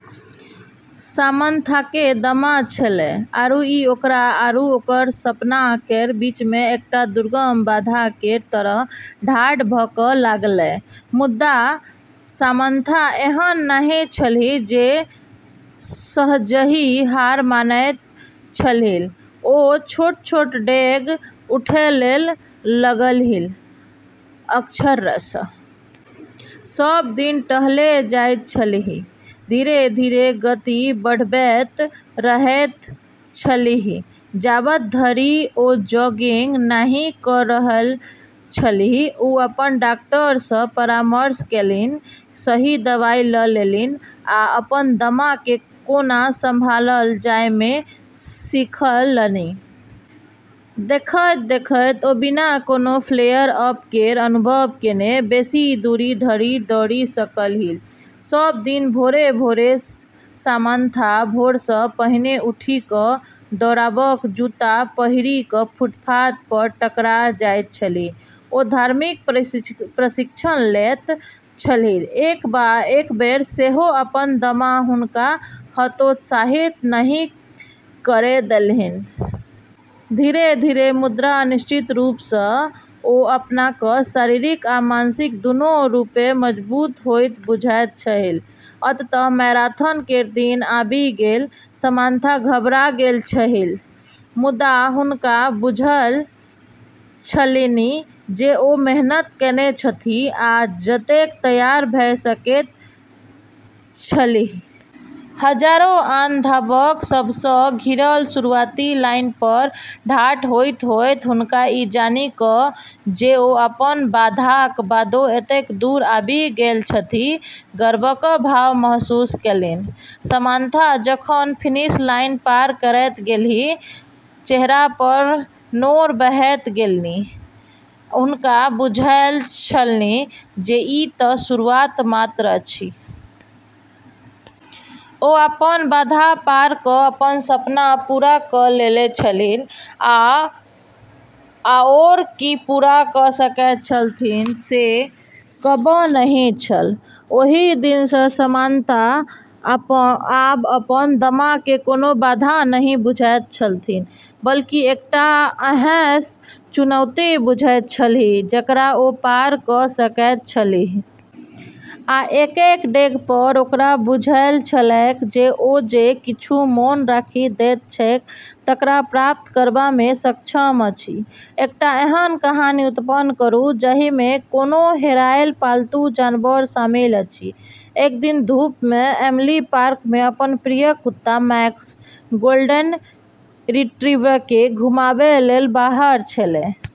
सामन्थाकेँ दमा छेलै, आरू ई ओकरा आरू ओकर सपना केर बीचमे एकटा दुर्गम बाधा केर तरह ठाढ़ भऽ कऽ लागलै। मुदा सामन्था एहन नहि छलीह जे सहजहि हार मानैत छलीह। ओ छोट-छोट डेग उठै लेल लगलीह – अक्षरशः। सब दिन टहलै जाइत छलीह, धीरे-धीरे गति बढ़बैत रहैत छलीह जाबत धरि ओ जॉगिंग नहि कऽ रहल छलीह। ओ अपन डॉक्टरसँ परामर्श केलनि, सही दवाई लऽ लेलनि, आ अपन दमाकेँ कोना संभालल जाए से सीखलनि। देखैत-देखैत, ओ बिना कोनो फ्लेयर-अप केर अनुभव केने बेसी दूरी धरि दौड़ि सकलीह। सब दिन भोरे-भोर सामन्था भोरसँ पहिने उठि कऽ दौड़बाक जूता पहिरि कऽ फुटपाथपर टकरा जाइत छलीह। ओ धार्मिक प्रशिक्षण लैत छलीह, एक बेर सेहो अपन दमा हुनका हतोत्साहित नहि करै देलनि। धीरे-धीरे मुदा निश्चित रूपसँ ओ अपनाकेँ शारीरिक आ मानसिक दूनू रूपेँ मजबूत होइत बुझैत छलीह। अंततः मैराथन केर दिन आबि गेल। सामन्था घबरा गेल छलीह, मुदा हुनका बुझल छलनि जे ओ मेहनत केने छथि आ जतेक तैयार भऽ सकैत छलीह। हजारो आन धावक सभसँ घिरल शुरुआती लाइनपर ठाढ़ होइत-होइत हुनका ई जानि कऽ जे ओ अपन बाधाक बादो एतेक दूर आबि गेल छथि, गर्वक भाव महसूस केलनि। सामन्था जखन फिनिश लाइन पार करैत गेलीह, चेहरापर नोर बहैत गेलनि, हुनका बुझल छलनि जे ई तऽ शुरुआत मात्र अछि। ओ अपन बाधा पार कऽ अपन सपना पूरा कऽ लेने छलीह, आ आओर की पूरा कऽ सकैत छलीह से कहब नहि छल। ओहि दिनसँ सामन्था आब अपन दमाकेँ कोनो बाधा नहि बुझैत छलीह, बल्कि एकटा एहन चुनौती बुझैत छलीह जकरा ओ पार कऽ सकैत छलीह। आ एक-एक डेगपर ओकरा बुझल छलैक जे ओ जे किछु मोन राखि दैत छैक तकरा प्राप्त करबामे सक्षम अछि। एकटा एहन कहानी उत्पन्न करू जाहिमे कोनो हेरायल पालतू जानवर शामिल अछि। एक दिन धूपमे एमिली पार्कमे अपन प्रिय कुत्ता मैक्स, गोल्डन रिट्रीवरकेँ घुमाबै लेल बाहर छेलै।